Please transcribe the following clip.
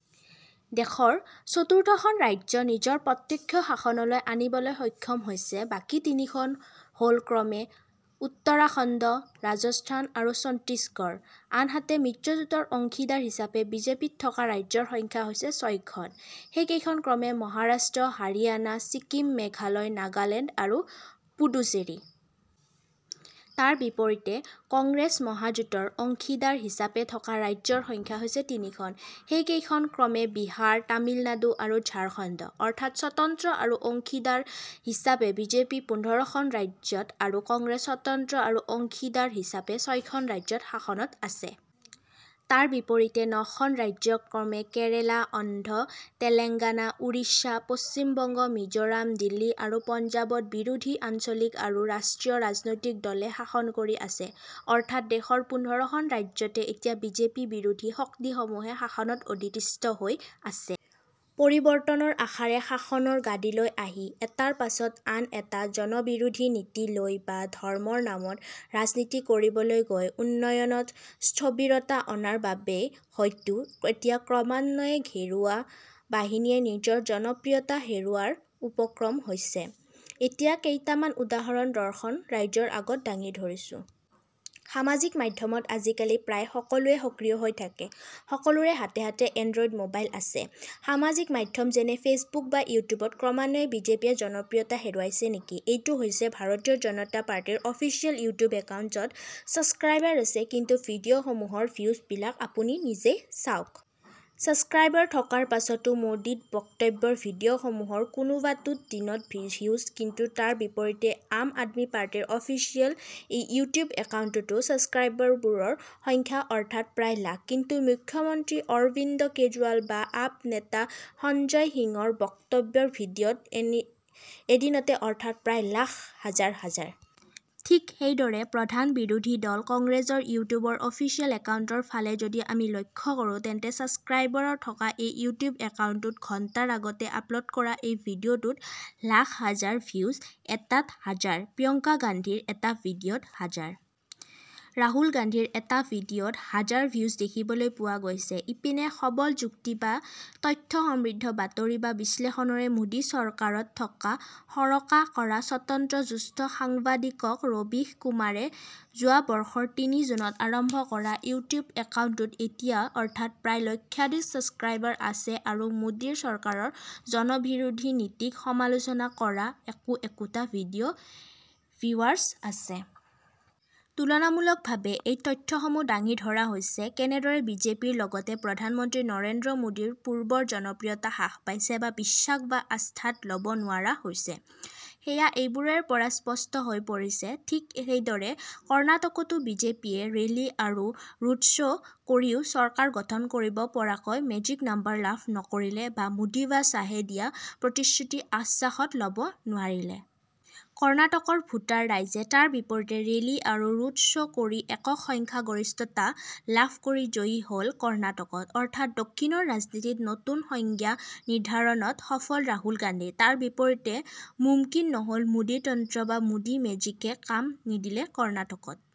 দেশৰ চতুৰ্থখন ৰাজ্য নিজৰ প্ৰত্যক্ষ শাসনলৈ আনিবলৈ সক্ষম হৈছে। বাকী তিনিখন হ'ল ক্ৰমে উত্তৰাখণ্ড, ৰাজস্থান আৰু ছত্তীশগড়। আনহাতে মিত্ৰজোঁটৰ অংশীদাৰ হিচাপে বিজেপিত থকা ৰাজ্যৰ সংখ্যা হৈছে ছয়খন। সেইকেইখন ক্ৰমে মহাৰাষ্ট্ৰ, হাৰিয়ানা, ছিকিম, মেঘালয়, নাগালেণ্ড আৰু পুডুচেৰী। তাৰ বিপৰীতে কংগ্ৰেছ মহাজোঁটৰ অংশীদাৰ হিচাপে থকা ৰাজ্যৰ সংখ্যা হৈছে তিনিখন। সেইকেইখন ক্ৰমে বিহাৰ, তামিলনাডু আৰু ঝাৰখণ্ড। অৰ্থাৎ স্বতন্ত্ৰ আৰু অংশীদাৰ হিচাপে বিজেপি পোন্ধৰখন ৰাজ্যত আৰু কংগ্ৰেছ স্বতন্ত্ৰ আৰু অংশীদাৰ হিচাপে ছয়খন ৰাজ্যত শাসনত আছে। তাৰ বিপৰীতে নখন ৰাজ্য ক্ৰমে কেৰেলা, অন্ধ্ৰ তেলেংগানা, ওড়িশা, পশ্চিম বংগ, মিজোৰাম, দিল্লী আৰু পঞ্জাৱত বিৰোধী আঞ্চলিক আৰু ৰাষ্ট্ৰীয় ৰাজনৈতিক দলে শাসন কৰি আছে। অৰ্থাৎ দেশৰ পোন্ধৰখন ৰাজ্যতে এতিয়া বিজেপি বিৰোধী শক্তিসমূহ শাসনত অধিষ্ঠিত হৈ আছে। পৰিৱৰ্তনৰ আশাৰে শাসনৰ গাদীলৈ আহি এটাৰ পাছত আন এটা জনবিৰোধী নীতি লৈ বা ধৰ্মৰ নামত ৰাজনীতি কৰিবলৈ গৈ উন্নয়নত স্থবিৰতা অনাৰ বাবেই হয়তো এতিয়া ক্ৰমান্বয়ে গেৰুৱা বাহিনীয়ে নিজৰ জনপ্ৰিয়তা হেৰুওৱাৰ উপক্ৰম হৈছে। এতিয়া কেইটামান উদাহৰণ দৰ্শক ৰাইজৰ আগত দাঙি ধৰিছোঁ। সামাজিক মাধ্যমত আজিকালি প্ৰায় সকলোৱেই সক্ৰিয় হৈ থাকে। সকলোৰে হাতে হাতে এনড্ৰইড মোবাইল আছে। সামাজিক মাধ্যম যেনে ফেচবুক বা য়ুটিউবতো ক্ৰমান্বয়ে বিজেপিয়ে জনপ্ৰিয়তা হেৰুৱাইছে নেকি? এইটো হৈছে ভাৰতীয় জনতা পাৰ্টীৰ অফিচিয়েল য়ুটিউব একাউন্ট য'ত চাব্সক্ৰাইবাৰ আছে, কিন্তু ভিডিঅ' সমূহৰ ভিউজ বিলাক আপুনি নিজেই চাওঁক। চাব্সক্ৰাইবাৰ থকাৰ পাছতো মোদীৰ বক্তব্যৰ ভিডিঅ' সমূহৰ কোনোবাটোত দিনত ভিউজ, কিন্তু তাৰ বিপৰীতে আম আদমী পাৰ্টীৰ অফিচিয়েল এই য়ুটিউব একাউন্টটোত চাব্সক্ৰাইবাৰৰ সংখ্যা অৰ্থাৎ প্ৰায় লাখ। কিন্তু মুখ্যমন্ত্ৰী অৰবিন্দ কেজৰিৱাল বা আপ নেতা সঞ্জয় সিঙৰ বক্তব্যৰ ভিডিঅ'ত এদিনতে অৰ্থাৎ প্ৰায় লাখ, হাজাৰ হাজাৰ। ঠিক সেইদৰে প্ৰধান বিৰোধী দল কংগ্ৰেছৰ য়ুটিউবৰ অফিচিয়েল একাউন্টৰ ফালে যদি আমি লক্ষ্য কৰো তেন্তে চাব্সক্ৰাইবাৰ থকা এই য়ুটিউব একাউন্টটোতো ঘন্টাৰ আগতে আপলোড কৰা এই ভিডিঅ'টোত লাখ হাজাৰ ভিউজ, এটাত হাজাৰ। প্ৰিয়ংকা গান্ধীৰ এটা ভিডিঅ'ত হাজাৰ। ৰাহু গান্ধীৰ এটা লাইভ ভিডিঅ'ত হাজাৰ ভিউজ দেখিবলৈ পোৱা গৈছে। ইপিনে সবল যুক্তি বা তথ্য সমৃদ্ধ বাতৰি বা বিশ্লেষণৰে মোদী চৰকাৰক থকা-সৰকা কৰা স্বতন্ত্ৰ জ্যেষ্ঠ সাংবাদিক ৰবিশ কুমাৰে যোৱাবৰ্ষৰ তিনি জুনত আৰম্ভ কৰা য়ুটিউব একাউন্টটোত এতিয়া অৰ্থাৎ প্ৰায় লক্ষাধিক চাব্সক্ৰাইবাৰ আছে আৰু মোদীৰ চৰকাৰৰ জনবিৰোধী নীতিক সমালোচনা কৰা একো একোটা ভিডিঅ'ত ভিউৱাৰ্ছ আছে। তুলনামূলকভাৱে এই তথ্যসমূহ দাঙি ধৰা হৈছে, কেনেদৰে বিজেপিৰ লগতে প্ৰধান মন্ত্ৰী নৰেন্দ্ৰ মোদীৰ পূৰ্বৰ জনপ্ৰিয়তা হ্ৰাস পাইছে বা বিশ্বাস বা আস্থাত ল'ব নোৱাৰা হৈছে। সেয়া এইবোৰৰ পৰাই স্পষ্ট হৈ পৰিছে। ঠিক সেইদৰে কৰ্ণাটকতো বিজেপিয়ে ৰেলী আৰু ৰোডশ্ব' কৰিও চৰকাৰ গঠন কৰিব পৰাকৈ মেজিক নম্বৰ লাভ নকৰিলে বা মোদী বা শ্বাহে দিয়া প্ৰতিশ্ৰুতি আশ্বাসত ল'ব নোৱাৰিলে। কৰ্ণাটকৰ ভোটাৰ ৰাইজে তাৰ বিপৰীতে ৰেলী আৰু ৰোডশ্ব' কৰি একক সংখ্যাগৰিষ্ঠতা লাভ কৰি জয়ী হ'ল কৰ্ণাকত। অৰ্থাৎ দক্ষিণৰ ৰাজনীতিত নতুন সংজ্ঞা নিৰ্দ্ধাৰণত সফল ৰাহুল গান্ধী। তাৰ বিপৰীতে মুমকিন নহ'ল মোডী তন্ত্ৰ বা মোদী মেজিকে কাম নিদিলে কৰ্ণাটকত।